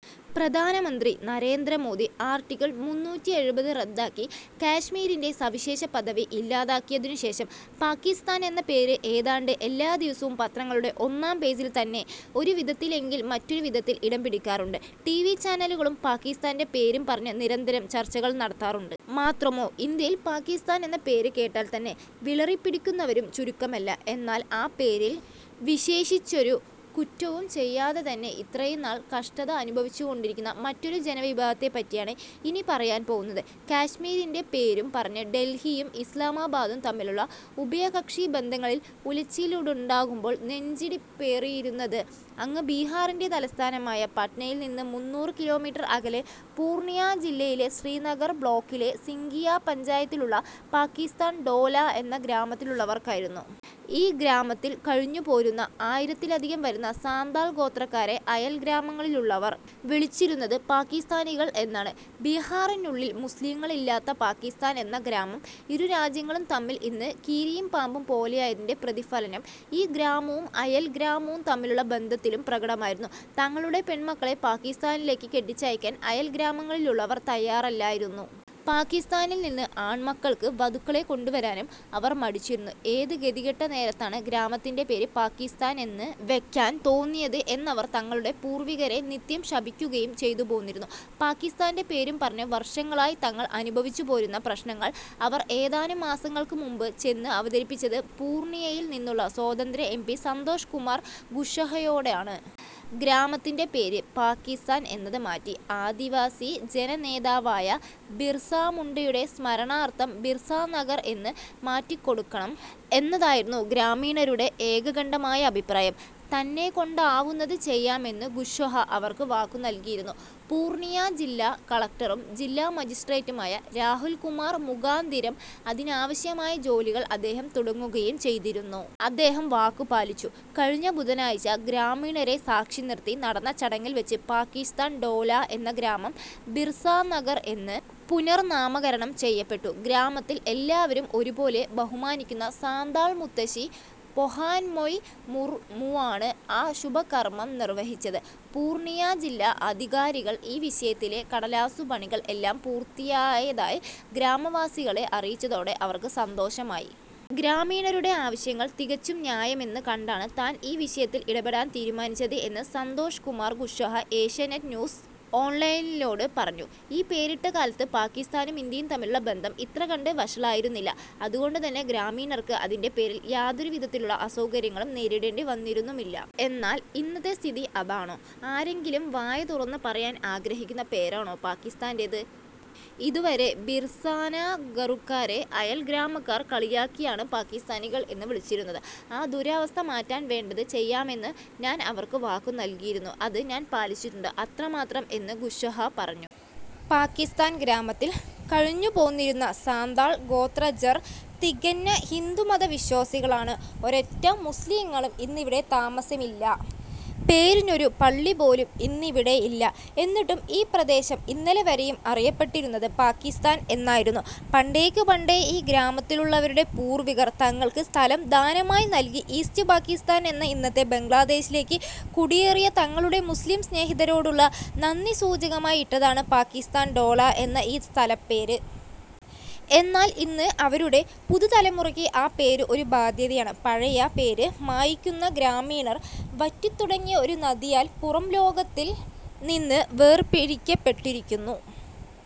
പ്രധാനമന്ത്രി നരേന്ദ്ര മോദി ആർട്ടിക്കിൾ മൂന്നൂറ്റി എഴുപത് റദ്ദാക്കി കശ്മീരിൻ്റെ സവിശേഷപദവി ഇല്ലാതാക്കിയതിനു ശേഷം, പാകിസ്ഥാൻ എന്ന പേര് ഏതാണ്ട് എല്ലാദിവസവും പത്രങ്ങളുടെ ഒന്നാം പേജിൽ തന്നെ ഒരു വിധത്തിലല്ലെങ്കിൽ മറ്റൊരുവിധത്തിൽ ഇടം പിടിക്കാറുണ്ട്. ടിവി ചാനലുകളും പാകിസ്ഥാൻ്റെ പേരും പറഞ്ഞ് നിരന്തരം ചർച്ചകൾ നടത്താറുണ്ട്. മാത്രമോ, ഇന്ത്യയിൽ പാകിസ്ഥാൻ എന്ന പേര് കേട്ടാൽ തന്നെ വിറളിപിടിക്കുന്നവരും ചുരുക്കമല്ല. എന്നാൽ ആ പേരിൽ, വിശേഷിച്ചൊരു കുറ്റവും ചെയ്യാതെ തന്നെ, ഇത്രയും നാൾ കഷ്ടത അനുഭവിച്ചുകൊണ്ടിരുന്ന മറ്റൊരു ജനവിഭാഗത്തെപ്പറ്റിയാണ് ഇനി പറയാൻ പോകുന്നത്. കശ്മീരിൻ്റെ പേരും പറഞ്ഞ് ഡൽഹിയും ഇസ്ലാമാബാദും തമ്മിലുള്ള ഉഭയകക്ഷി ബന്ധങ്ങളിൽ ഉലച്ചിലുണ്ടാകുമ്പോൾ നെഞ്ചിടിപ്പേറിയിരുന്നത്, അങ്ങ് ബിഹാറിൻ്റെ തലസ്ഥാനമായ പട്നയിൽ നിന്ന് മുന്നൂറ് കിലോമീറ്റർ അകലെ, പൂർണിയ ജില്ലയിലെ ശ്രീനഗർ ബ്ലോക്കിലെ സിംഘിയ പഞ്ചായത്തിലുള്ള പാകിസ്ഥാൻ ടോലാ എന്ന ഗ്രാമത്തിലുള്ളവർക്കായിരുന്നു. ഈ ഗ്രാമത്തിൽ കഴിഞ്ഞുപോരുന്ന ആയിരത്തിലധികം വരുന്ന സാന്താൾ ഗോത്രക്കാരെ അയൽഗ്രാമങ്ങളിലുള്ളവർ വിളിച്ചിരുന്നത് പാകിസ്ഥാനികൾ എന്നാണ്. ബിഹാറിനുള്ളിൽ മുസ്ലിങ്ങളില്ലാത്ത പാകിസ്ഥാൻ എന്ന ഗ്രാമം, ഇരു രാജ്യങ്ങളും തമ്മിൽ ഇന്ന് കീരിയും പാമ്പും പോലായതിൻ്റെ പ്രതിഫലനം ഈ ഗ്രാമവും അയൽ ഗ്രാമവും തമ്മിലുള്ള ബന്ധത്തിലും പ്രകടമായിരുന്നു. തങ്ങളുടെ പെൺമക്കളെ പാകിസ്ഥാനിലേക്ക് കെട്ടിച്ചയക്കാൻ അയൽഗ്രാമങ്ങളിലുള്ളവർ തയ്യാറല്ലായിരുന്നു. പാകിസ്ഥാനിൽ നിന്ന് ആൺമക്കൾക്ക് വധുക്കളെ കൊണ്ടുവരാനും അവർ മടിച്ചിരുന്നു. ഏത് ഗതികെട്ട നേരത്താണ് ഗ്രാമത്തിൻ്റെ പേര് പാകിസ്ഥാൻ എന്ന് വെക്കാൻ തോന്നിയത് എന്നവർ തങ്ങളുടെ പൂർവ്വികരെ നിത്യം ശപിക്കുകയും ചെയ്തുപോന്നിരുന്നു. പാകിസ്ഥാൻ്റെ പേരും പറഞ്ഞ് വർഷങ്ങളായി തങ്ങൾ അനുഭവിച്ചുപോരുന്ന പ്രശ്നങ്ങൾ അവർ ഏതാനും മാസങ്ങൾക്ക് മുൻപ് ചെന്ന് അവതരിപ്പിച്ചത് പൂർണിയയിൽ നിന്നുള്ള സ്വതന്ത്ര എം പി സന്തോഷ് കുമാർ കുഷ്വാഹയോടാണ്. ഗ്രാമത്തിൻ്റെ പേര് പാകിസ്ഥാൻ എന്നത് മാറ്റി, ആദിവാസി ജനനേതാവായ ബിർസാ മുണ്ടയുടെ സ്മരണാർത്ഥം ബിർസാനഗർ എന്ന് മാറ്റിക്കൊടുക്കണം എന്നതായിരുന്നു ഗ്രാമീണരുടെ ഏകകണ്ഠമായ അഭിപ്രായം. തന്നെക്കൊണ്ടാവുന്നത് ചെയ്യാം എന്ന് കുഷ്വാഹ അവർക്ക് വാക്കുനൽകിയിരുന്നു. പൂർണിയ ജില്ലാ കളക്ടറും ജില്ലാ മജിസ്ട്രേറ്റുമായ രാഹുൽ കുമാർ മുഖാന്തിരം അതിനാവശ്യമായ ജോലികൾ അദ്ദേഹം തുടങ്ങുകയും ചെയ്തിരുന്നു. അദ്ദേഹം വാക്കുപാലിച്ചു. കഴിഞ്ഞ ബുധനാഴ്ച, ഗ്രാമീണരെ സാക്ഷിനിർത്തി നടന്ന ചടങ്ങിൽ വെച്ച് പാകിസ്ഥാൻ ടോലാ എന്ന ഗ്രാമം ബിർസാനഗർ എന്ന് പുനർനാമകരണം ചെയ്യപ്പെട്ടു. ഗ്രാമത്തിൽ എല്ലാവരും ഒരുപോലെ ബഹുമാനിക്കുന്ന സാന്താൾ മുത്തശ്ശി ബൊഹാൻമൊയി മുർമുവാണ് ആ ശുഭകർമ്മം നിർവ്വഹിച്ചത്. പൂർണിയ ജില്ലാ അധികാരികൾ ഈ വിഷയത്തിലെ കടലാസുപണികൾ എല്ലാം പൂർത്തിയായതായി ഗ്രാമവാസികളെ അറിയിച്ചതോടെ അവർക്ക് സന്തോഷമായി. ഗ്രാമീണരുടെ ആവശ്യങ്ങൾ തികച്ചും ന്യായമെന്ന് കണ്ടാണ് താൻ ഈ വിഷയത്തിൽ ഇടപെടാൻ തീരുമാനിച്ചത് എന്ന് സന്തോഷ് കുമാർ കുഷ്വാഹ ഏഷ്യാനെറ്റ് ന്യൂസ് ഓൺലൈനിനോട് പറഞ്ഞു. ഈ പേരിട്ട കാലത്ത് പാകിസ്ഥാനും ഇന്ത്യയും തമ്മിലുള്ള ബന്ധം ഇത്രകണ്ട് വഷളായിരുന്നില്ല. അതുകൊണ്ടുതന്നെ ഗ്രാമീണർക്ക് അതിൻ്റെ പേരിൽ യാതൊരു വിധത്തിലുള്ള അസൗകര്യങ്ങളും നേരിടേണ്ടി വന്നിരുന്നുമില്ല. എന്നാൽ ഇന്നത്തെ സ്ഥിതി അതാണോ? ആരെങ്കിലും വായ തുറന്ന് പറയാൻ ആഗ്രഹിക്കുന്ന പേരാണോ പാക്കിസ്ഥാൻ്റേത്? ഇതുവരെ ബിർസാനഗറുകാരെ അയൽഗ്രാമക്കാർ കളിയാക്കിയാണ് പാകിസ്ഥാനികൾ എന്ന് വിളിച്ചിരുന്നത്. ആ ദുരവസ്ഥ മാറ്റാൻ വേണ്ടത് ചെയ്യാമെന്ന് ഞാൻ അവർക്ക് വാക്കുനൽകിയിരുന്നു. അത് ഞാൻ പാലിച്ചിട്ടുണ്ട്, അത്രമാത്രം എന്ന് കുഷ്വാഹ പറഞ്ഞു. പാകിസ്ഥാൻ ഗ്രാമത്തിൽ കഴിഞ്ഞുപോന്നിരുന്ന സാന്താൾ ഗോത്രജർ തികഞ്ഞ ഹിന്ദുമത വിശ്വാസികളാണ്. ഒരൊറ്റ മുസ്ലിങ്ങളും ഇന്നിവിടെ താമസമില്ല. പേരിനൊരു പള്ളി പോലും ഇന്നിവിടെയില്ല. എന്നിട്ടും ഈ പ്രദേശം ഇന്നലെ വരെയും അറിയപ്പെട്ടിരുന്നത് പാകിസ്ഥാൻ എന്നായിരുന്നു. പണ്ടേക്കുപണ്ടേ ഈ ഗ്രാമത്തിലുള്ളവരുടെ പൂർവ്വികർ, തങ്ങൾക്ക് സ്ഥലം ദാനമായി നൽകി ഈസ്റ്റ് പാകിസ്ഥാൻ എന്ന ഇന്നത്തെ ബംഗ്ലാദേശിലേക്ക് കുടിയേറിയ തങ്ങളുടെ മുസ്ലിം സ്നേഹിതരോടുള്ള നന്ദിസൂചകമായി ഇട്ടതാണ് പാകിസ്ഥാൻ ടോളാ എന്ന ഈ സ്ഥലപ്പേര്. എന്നാൽ ഇന്ന് അവരുടെ പുതുതലമുറയ്ക്ക് ആ പേര് ഒരു ബാധ്യതയാണ്. പഴയ പേര് മായ്ക്കുന്ന ഗ്രാമീണർ വറ്റിത്തുടങ്ങിയ ഒരു നദിയാൽ പുറംലോകത്തിൽ നിന്ന് വേർപിരിക്കപ്പെട്ടിരിക്കുന്നു.